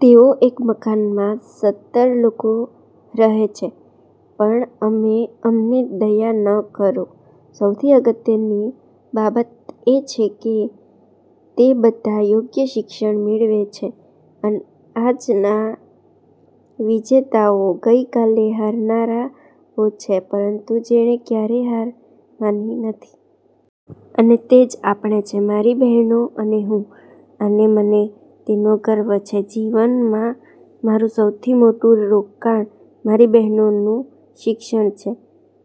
તેઓ એક મકાનમાં સતર લોકો રહે છે. પણ અમને દયા ન કરો. સૌથી અગત્યની બાબત એ છે કે તે બધા યોગ્ય શિક્ષણ મેળવે છે. આજના વિજેતાઓ ગઈકાલે હારનારાઓ છે, પરંતુ જેણે ક્યારેય હાર માની નથી. અને તે જ આપણે છે, મારી બહેનો અને હું. અને મને તેનો ગર્વ છે. જીવનમાં મારું સૌથી મોટું રોકાણ મારી બહેનોનું શિક્ષણ છે.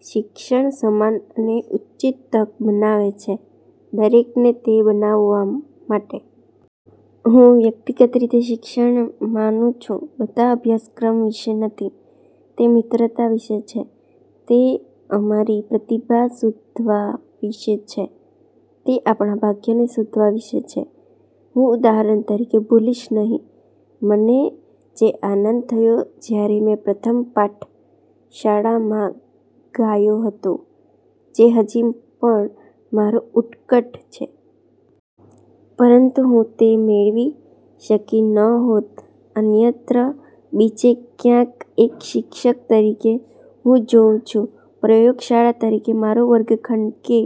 શિક્ષણ સમાન અને ઉચિત તક બનાવે છે દરેકને તે બનાવવા માટે. હું વ્યક્તિગત રીતે શિક્ષણ માનું છું બધા અભ્યાસક્રમ વિશે નથી. તે મિત્રતા વિશે છે. તે અમારી પ્રતિભા શોધવા વિશે છે. તે આપણા ભાગ્યને શોધવા વિશે છે. હું, ઉદાહરણ તરીકે, ભૂલીશ નહીં મને જે આનંદ થયો જ્યારે મેં પ્રથમ પાઠ શાળામાં ગાયો હતો, જે હજી પણ મારો ઉત્કટ છે. પરંતુ હું તે મેળવી શકી ન હોત અન્યત્ર, બીજે ક્યાંક. એક શિક્ષક તરીકે, હું જોઉં છું પ્રયોગશાળા તરીકે મારો વર્ગખંડ કે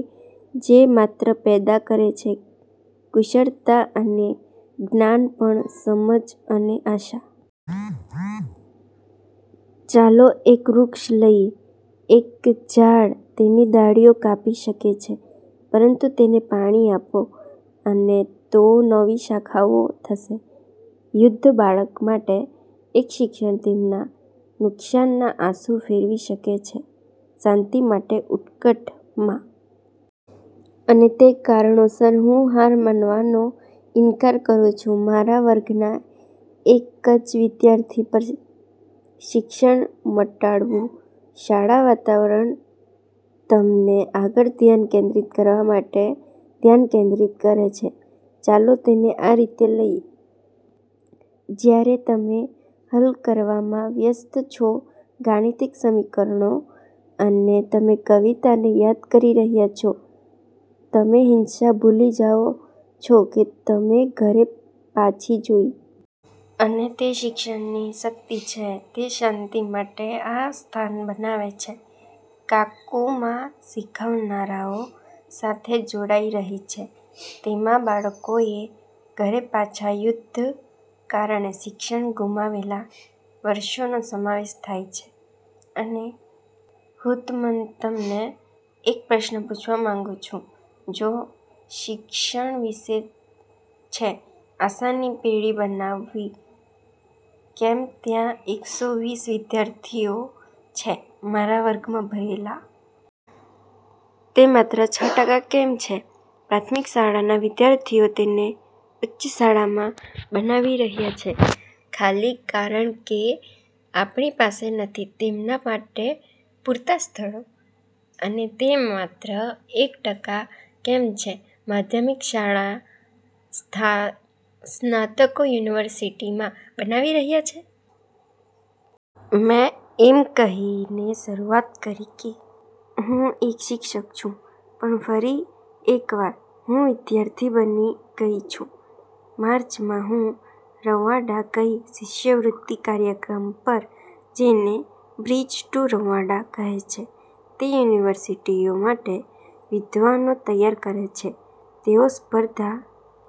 જે માત્ર પેદા કરે છે કુશળતા અને જ્ઞાન પણ સમજ અને આશા. ચાલો એક વૃક્ષ લઈએ. એક ઝાડ તેની ડાળીઓ કાપી શકે છે, પરંતુ તેને પાણી આપો, અને તો નવી શાખાઓ થશે, યુદ્ધ બાળક માટે, એક શિક્ષણ તેમના નુકસાનના આંસુ ફેરવી શકે છે શાંતિ માટે ઉત્કટ માં. અને તે કારણોસર, હું હાર માનવાનો ઇનકાર કરું છું મારા વર્ગના એક જ વિદ્યાર્થી પર. શિક્ષણ મટાડવું. શાળા વાતાવરણ તમને આગળ ધ્યાન કેન્દ્રિત કરવા માટે ધ્યાન કેન્દ્રિત કરે છે. ચાલો તેને આ રીતે લઈએ: જ્યારે તમે હલ કરવામાં વ્યસ્ત છો ગાણિતિક સમીકરણો, અને તમે કવિતાને યાદ કરી રહ્યા છો, તમે હિંસા ભૂલી જાઓ છો કે તમે ઘરે પાછી જોઈ. અને તે શિક્ષણની શક્તિ છે. તે શાંતિ માટે આ સ્થાન બનાવે છે. કાકુમા શીખનારાઓ સાથે જોડાઈ રહી છે. તેમાં બાળકોએ ઘરે પાછા યુદ્ધ કારણે શિક્ષણ ગુમાવેલા વર્ષોનો સમાવેશ થાય છે. અને હુંતમને એક પ્રશ્ન પૂછવા માંગું છું: જો શિક્ષણ વિશે છે આશાની પેઢી બનાવવી, કેમ ત્યાં એકસો વીસ વિદ્યાર્થીઓ છે મારા વર્ગમાં ભરેલા? તે માત્ર છ ટકા કેમ છે। પ્રાથમિક શાળાના વિદ્યાર્થીઓ તેને ઉચ્ચ શાળામાં બનાવી રહ્યા છે, ખાલી કારણ કે આપણી પાસે નથી તેમના માટે પૂરતા સ્થળો? અને તે માત્ર એક ટકા કેમ છે માધ્યમિક શાળા સ્નાતકો યુનિવર્સિટીમાં બનાવી રહ્યા છે? મેં એમ કહીને શરૂઆત કરી કે હું એક શિક્ષક છું. પણ ફરી એકવાર, હું વિદ્યાર્થી બની ગઈ છું. માર્ચમાં, હું રવાંડા ગઈ શિષ્યવૃત્તિ કાર્યક્રમ પર જેને "બ્રિજ ટુ રવાંડા" કહે છે. તે યુનિવર્સિટીઓ માટે વિદ્વાનો તૈયાર કરે છે. તેઓ સ્પર્ધા